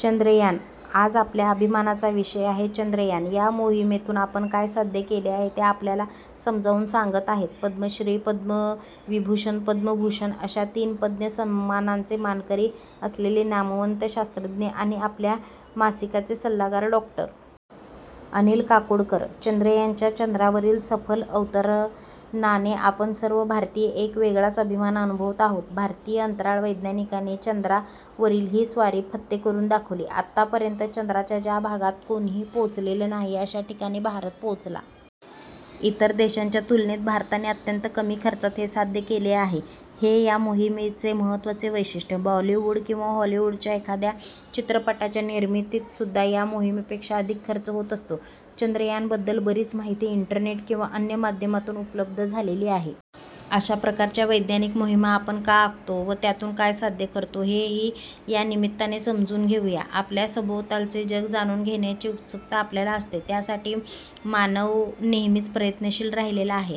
'चांद्रयान- ' हा आज आपल्या अभिमानाचा विषय आहे. 'चांद्रयान- ' या मोहिमेतून आपण काय साध्य केले आहे ते आपल्याला समजावून सांगत आहेत, पद्मश्री, पद्मविभूषण, पद्मभूषण अशा तीन पद्म सन्मानांचे मानकरी असलेले नामवंत शास्त्रज्ञ आणि आपल्या मासिकाचे सल्लागार डॉ. अनिल काकोडकर! 'चांद्रयान- 'च्या चंद्रावरील सफल अवतरणाने आपण सर्व भारतीय एक वेगळाच अभिमान अनुभवत आहोत. भारतीय अंतराळ वैज्ञानिकांनी चंद्रावरील ही स्वारी फत्ते करून दाखवली. आतापर्यंत चंद्राच्या ज्या भागात कोणीही पोहोचलेलं नाही, अशा ठिकाणी भारत पोहोचला. इतर देशांच्या तुलनेत भारताने अत्यंत कमी खर्चात हे साध्य केले आहे, हे या मोहिमेचे महत्त्वाचे वैशिष्ट्य! बॉलिवूड किंवा हॉलिवूडच्या एखाद्या चित्रपटाच्या निर्मितीतसुद्धा या मोहिमेपेक्षा अधिक खर्च होत असतो. 'चांद्रयान- ' बद्दल बरीच माहिती इंटरनेट किंवा अन्य माध्यमातून उपलब्ध झालेली आहे. अशा प्रकारच्या वैज्ञानिक मोहिमा आपण का आखतो व त्यातून काय साध्य करतो, हेही या निमित्ताने समजून घेऊ या. आपल्या सभोवतालचे जग जाणून घेण्याची उत्सुकता आपल्याला असते. त्यासाठी मानवनेहमीच प्रयत्नशील राहिलेला आहे.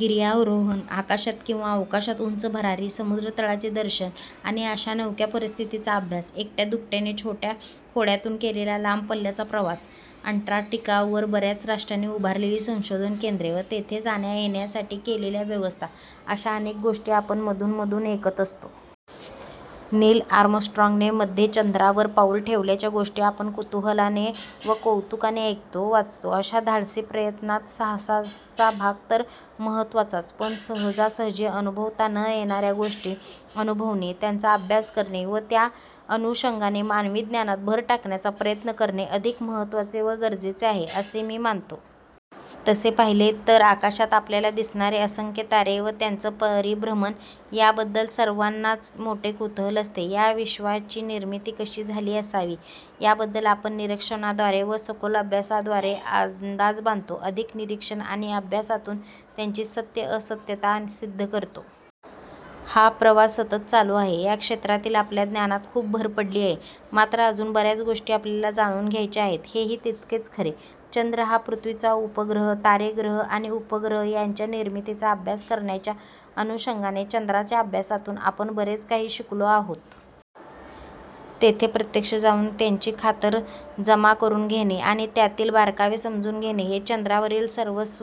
गिर्यारोहण, आकाशात किंवा अवकाशात उंच भरारी, समुद्रतळाचे दर्शन आणि अशा नवख्या परिस्थितीचा अभ्यास, एकट्या-दुकट्याने छोट्या होड्यांतून केलेला लांब पल्ल्याचा प्रवास, अंटार्क्टिकावर बऱ्याच राष्ट्रांनी उभारलेली संशोधन केंद्रे व तेथे जाण्या-येण्यासाठी केलेल्या व्यवस्था अशा अनेक गोष्टी आपण मधूनमधून ऐकत असतो. नील आर्मस्ट्राँगने मध्ये चंद्रावर पाऊल ठेवल्याच्या गोष्टी आपण कुतूहलाने व कौतुकाने ऐकतो, वाचतो. अशा धाडसीप्रयत्नांत साहसाचा भाग तर महत्त्वाचाच, पण सहजासहजी अनुभवता न येणाऱ्या गोष्टी अनुभवणे, त्यांचा अभ्यास करणे व त्या अनुषंगाने मानवी ज्ञानात भर टाकण्याचा प्रयत्न करणे अधिक महत्त्वाचे व गरजेचे आहे, असे मी मानतो. तसे पाहिले तर आकाशात आपल्याला दिसणारे असंख्यतारे व त्यांचं परिभ्रमण याबद्दल सर्वांनाच मोठे कुतूहल असते. या विश्वाचीनिर्मिती कशी झाली असावी याबद्दल आपण निरीक्षणाद्वारे व सखोल अभ्यासाद्वारे अंदाजबांधतो. अधिक निरीक्षण आणि अभ्यासातून त्यांची सत्य-असत्यता सिद्ध करतो. हा प्रवास सतत चालू आहे. या क्षेत्रातीलआपल्या ज्ञानात खूप भर पडली आहे, मात्र अजून बऱ्याचगोष्टी आपल्याला जाणून घ्यायच्या आहेत, हेही तितकेच खरे. चंद्र हा पृथ्वीचा उपग्रह. तारे, ग्रह आणि उपग्रह यांच्या निर्मितीचाअभ्यास करण्याच्या अनुषंगाने चंद्राच्या अभ्यासातून आपण बरेच काही शिकलो आहोत. तेथे प्रत्यक्ष जाऊन त्याची खातरजमाकरून घेणे आणि त्यातील बारकावे समजून घेणे, हे चंद्रावरील सर्वच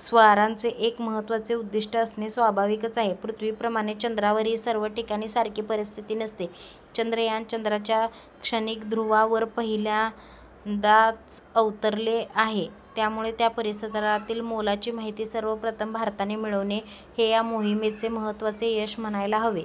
स्वाऱ्यांचे एक महत्त्वाचे उद्दिष्ट असणे स्वाभाविकच आहे. पृथ्वीप्रमाणे चंद्रावरही सर्वठिकाणी सारखी परिस्थिती नसते. 'चांद्रयान- ' चंद्राच्या दक्षिण ध्रुवावरपहिल्यांदाच उतरले आहे, त्यामुळे त्या परिसरातील मोलाची माहिती सर्वप्रथम भारताने मिळवणे, हे या मोहिमेचे महत्त्वाचे यश म्हणायला हवे.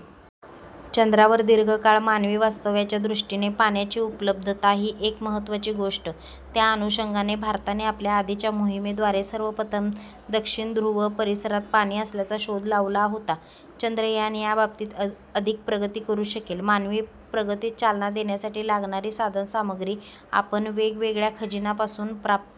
चंद्रावर दीर्घकाळ मानवी वास्तव्याच्या दृष्टीने पाण्याची उपलब्धता ही एकमहत्त्वाची गोष्ट. त्याअनुषंगाने भारताने आपल्या आधीच्या मोहिमेद्वारे सर्वप्रथम दक्षिण ध्रुव परिसरात पाणी असल्याचा शोध लावला होता. 'चांद्रयान- ' याबाबतीत अधिक प्रगती करू शकेल. मानवी प्रगतीस चालना देण्यासाठी लागणारी साधनसामग्री आपण वेगवेगळ्याखनिजांपासून प्राप्त